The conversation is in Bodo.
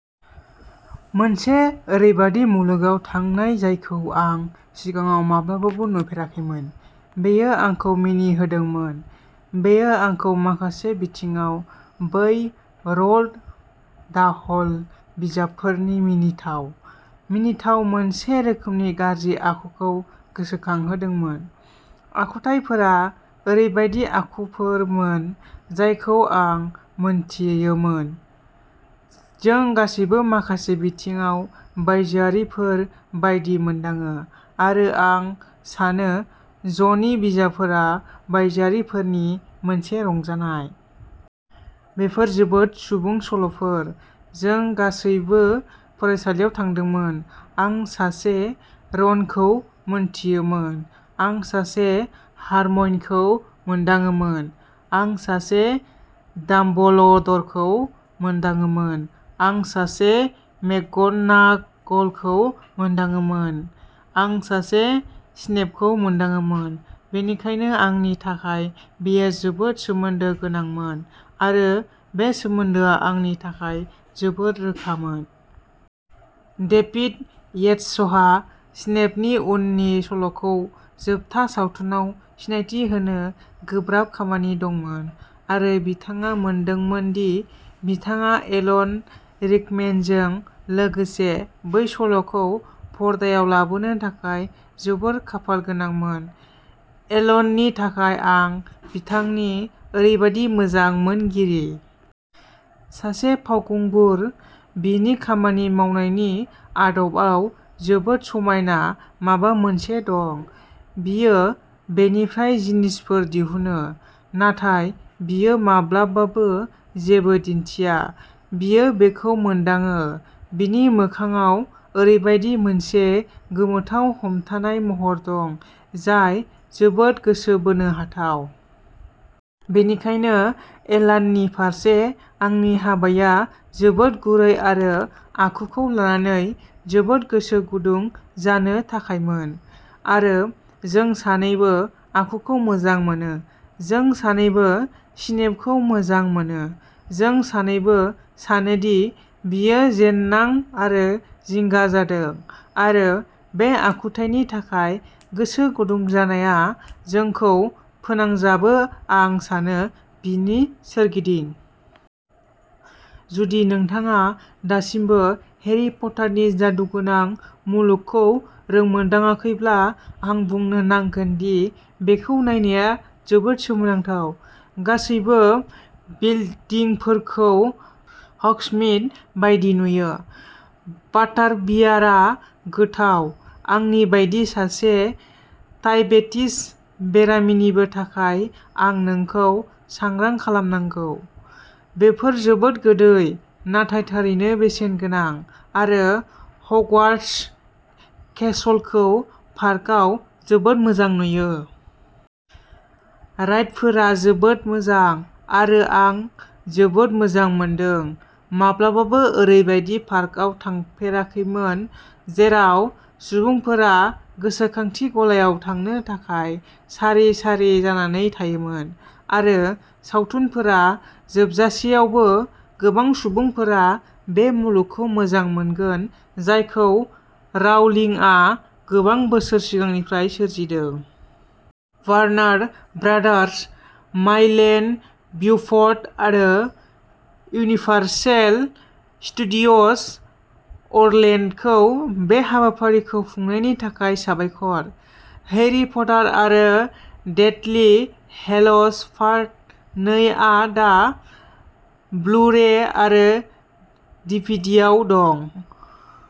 मोनसे ओरैबायदि मुलुगाव थांनाय जायखौ आं सिगाङाव माब्लाबाबो नुफेराखैमोन। बेयो आंखौ मिनिहोदोंमोन बेयो आंखौ माखासे बिथिङाव, बै र'ल्ड डाहल बिजाबफोरनि मिनिथाव, मिनिथाव, मोनसे रोखोमनि गाज्रि आखुखौ गोसोखांहोदोंमोन। आखुथाइफोरा ओरैबायदि आखुफोरमोन जायखौ आं मोनथियोमोन जों गासैबो माखासे बिथिङाव बायजोआरिफोर बायदि मोनदाङो, आरो आं सानो ज'नि बिजाबफोरा बायजोआरिफोरनि मोनसे रंजानाय। बेफोर जोबोद सुबुं सल'फोर। जों गासैबो फरायसालियाव थांदोंमोन। आं सासे र'नखौ मोनथियोमोन, आं सासे हारम'इनखौ मोनदाङोमोन, आं सासे डाम्बलडरखौ मोनदाङोमोन, आं सासे मेकग'नागलखौ मोनदाङोमोन, आं सासे स्नेपखौ मोनदाङोमोन। बेनिखायनो आंनि थाखाय बेयो जोबोद सोमोन्दो गोनांमोन, आरो बे सोमोन्दोआ आंनि थाखाय जोबोद रोखामोन। "डेभिड येट्सहा स्नेपनि उननि सल'खौ जोबथा सावथुनाव सिनायथि होनो गोब्राब खामानि दंमोन, आरो बिथाङा मोनदोंमोन दि बिथाङा एलन रिकमेनजों लोगोसे बै सल'खौ पर्दायाव लाबोनो थाखाय जोबोद खाफालगोनांमोन " एलननि थाखाय, आं बिथांनि ओरैबादि मोजां मोनगिरि। सासे फावखुंगुर। बिनि खामानि मावनायनि आदबआव जोबोद समायना माबा मोनसे दं। बियो बेनिफ्राय जिनिसफोर दिहुनो, नाथाय बियो माब्लाबाबो जेबो दिन्थिया, बियो बेखौ मोनदाङो। बिनि मोखांआव ओरैबायदि मोनसे गोमोथाव हमथानाय महर दं, जाय जोबोद गोसो बोनो हाथाव। बेनिखायनो एलाननि फारसे आंनि हाबाया जोबोद गुरै आरो आखुखौ लानानै जोबोद गोसो गुदुं जानो थाखायमोन। आरो जों सानैबो आखुखौ मोजां मोनो। जों सानैबो स्नेपखौ मोजां मोनो, जों सानैबो सानो दि बियो जेन्नां आरो जिंगा जादों, आरो बे आखुथायनि थाखाय गोसो गुदुं जानाया जोंखौ फोनांजाबो, आं सानो, बिनि सोरगिदिं। "जुदि नोंथाङा दासिमबो हेरी पटारनि जादुगोनां मुलुगखौ रोंमोन्दाङाखैब्ला, आं बुंनो नांगोन दि बेखौ नायनाया जोबोद सोमोनांथाव। गासैबो बिल्दिंफोरखौ हग्समीड बायदि नुयो, बाटारबियारआ गोथाव, आंनि बायदि सासे दाइबेटिस बेरामिनिबो थाखाय आं नोंखौ सांग्रां खालामनांगौ, बेफोर जोबोद गोदै, नाथाय थारैनो बेसेनगोनां आरो हगवार्ट्स केसलखौ पार्कआव जोबोद मोजां नुयो। राइडफोरा जोबोद मोजां, आरो आं जोबोद मोजां मोनदों। माब्लाबाबो ओरैबायदि पार्कआव थाफेराखैमोन जेराव सुबुंफोरा गोसोखांथि गलायाव थांनो थाखाय सारि सारि जानानै थायोमोन। आरो सावथुनफोरा जोबजासेयावबो, गोबां सुबुंफोरा बे मुलुगखौ मोजां मोनगोन जायखौ राउलिंआ गोबां बोसोर सिगांनिफ्राय सोरजिदों। Warner Brothers, Mae Lane Buford, आरो इउनिभार्सेल स्टुडिय'ज अरलेन्ड'खौ बे हाबाफारिखौ खुंनायनि थाखाय साबायखर। हैरी पटार आरो डेथलि हेल'ज पार्ट नै आ दा ब्लु रे आरो डिभिडियाव दं।